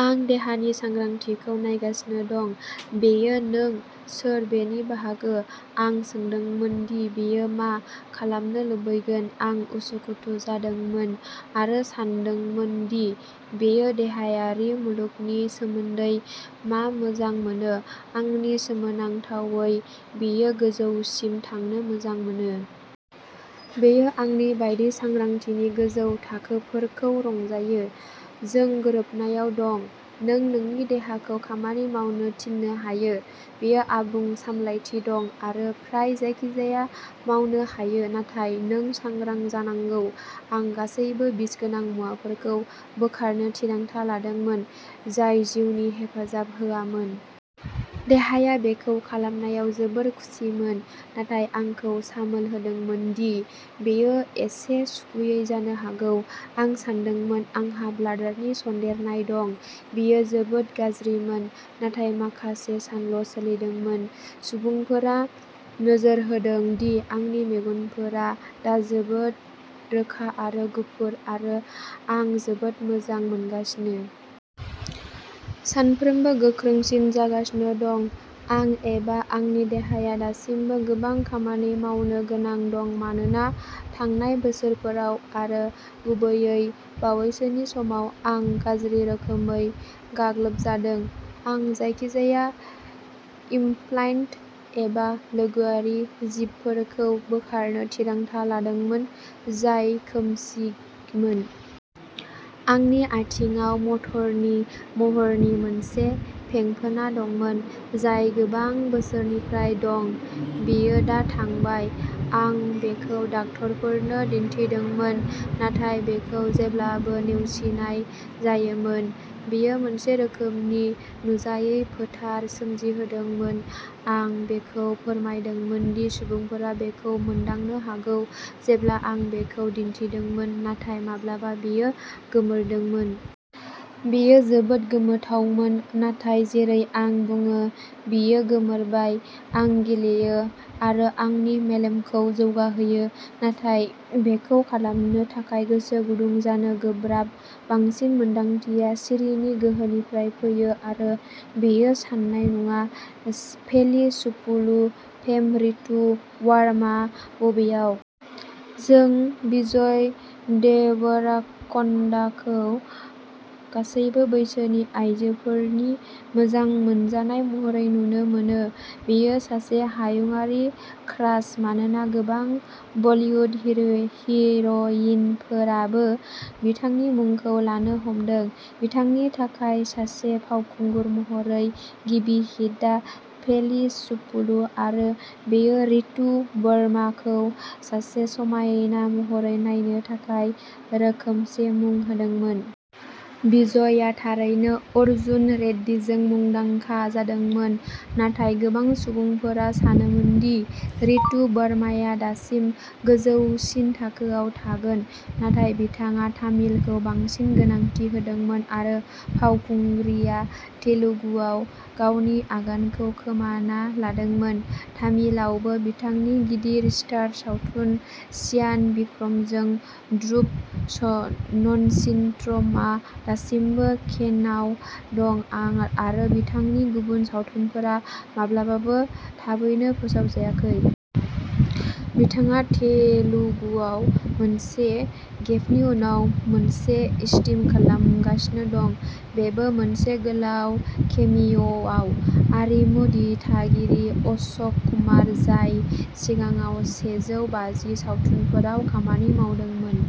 आं देहानि सांग्रांथिखौ नायगासिनो दं। बेयो नों सोर बेनि बाहागो। आं सोंदोंमोन दि बेयो मा खालामनो लुबैगोन। आं उसुखुथु जादोंमोन आरो सानदोंमोन दि बेयो देहायारि मुलुगनि सोमोन्दै मा मोजां मोनो। आंनि सोमोनांथावै बेयो गोजौसिम थांनो मोजां मोनो। बेयो आंनि बायदि सांग्रांथिनि गोजौ थाखोफोरखौ रंजायो। जों गोरोबनायाव दं। नों नोंनि देहाखौ खामानि मावनो थिननो हायो, बेयो आबुं सामलायथि दं आरो फ्राय जायखिजाया मावनो हायो नाथाय नों सांग्रां जानांगौ। आं गासैबो बिसगोनां मुवाफोरखौ बोखारनो थिरांथा लादोंमोन जाय जिउखौ हेफाजाब होआमोन। देहाया बेखौ खालामनायाव जोबोद खुसिमोन नाथाय आंखौ सामोल होदोंमोन दि बेयो एसे सुखुयै जानो हागौ। आं सानदोंमोन आंहा ब्लाडारनि सन्देरनाय दं। बेयो जोबोद गाज्रिमोन नाथाय माखासे सानल' सोलिदोंमोन। सुबुंफोरा नोजोर होदों दि आंनि मेगनफोरा दा जोबोद रोखा आरो गुफुर आरो आं जोबोद मोजां मोनगासिनो। सानफ्रोमबो गोख्रोंसिन जागासिनो दं। आं एबा आंनि देहाया दासिमबो गोबां खामानि मावनो गोनां दं मानोना थांनाय बोसोरफोराव आरो गुबैयै बावैसोनि समाव आं गाज्रि रोखोमै गाग्लोबजादों। आं जायखिजाया इमप्लान्ट एबा लोगोआरि जिबफोरखौ बोखारनो थिरांथा लादोंमोन, जाय खोमसिमोन। आंनि आथिंआव मटरनि महरनि मोनसे फेंफोना दंमोन, जाय गोबां बोसोरनिफ्राय दं, बेयो दा थांबाय। आं बेखौ डक्टरफोरनो दिन्थिदोंमोन। नाथाय बेखौ जेब्लाबो नेवसिनाय जायोमोन। बेयो मोनसे रोखोमनि नुजायै फोथार सोमजिहोदोंमोन। आं बेखौ फोरमायदोंमोन दि सुबुंफोरा बेखौ मोनदांनो हागौ जेब्ला आं बेखौ दिन्थिदोंमोन, नाथाय माब्लाबा बेयो गोमोरदोंमोन। बेयो जोबोद गोमोथावमोन, नाथाय जेरै आं बुङो बेयो गोमोरबाय। आं गेलेयो आरो आंनि मेलेमखौ जौगाहोयो, नाथाय बेखौ खालामनो थाखाय गोसो गुदुं जानो गोब्राब। बांसिन मोन्दांथिया सिरिनि गोहोनिफ्राय फैयो आरो बेयो साननाय नङा। पेलि चुपुलु फेम रितु वर्माआ बबेयाव? जों विजय देवराकन्डाखौ गासैबो बैसोनि आइजोफोरनि मोजां मोनजानाय महरै नुनो मोनो। बियो सासे हायुंआरि क्रास मानोना गोबां बलीवुड हि-हिर'इनफोराबो बिथांनि मुंखौ लानो हमदों। बिथांनि थाखाय सासे फावखुंगुर महरै गिबि हिटआ पेलि चुपुलु आरो बेयो रितु वर्माखौ सासे समायना महरै नायनो थाखाय रोखोमसे मुं होदोंमोन। विजयआ थारैनो अर्जुन रेड्डीजों मुंदांखा जादोंमोन नाथाय गोबां सुबुंफोरा सानोमोन दि रितु वर्माया दासिम गोजौसिन थाखोआव थागोन। नाथाय बिथाङा तामिलखौ बांसिन गोनांथि होदोंमोन आरो फावखुंग्रिआ तेलुगुआव गावनि आगानखौ खोमाना लादोंमोन। तामिलआवबो बिथांनि गिदिर स्टार सावथुन चियान बिक्रमजों ध्रुव नचित्रमआ दासिमबो केनआव दं आरो बिथांनि गुबुन सावथुनफोरा माब्लाबाबो थाबैनो फोसावजायाखै। बिथाङा तेलुगुआव मोनसे गेपनि उनाव "मौनमे इष्टम" खालामगासिनो दं। बेबो मोनसे गोलाव केमिय'आव। आरिमु दिथागिरि अशोक कुमार, जाय सिगाङाव सेजौ बाजि सावथुनफोराव खामानि मावदोंमोन।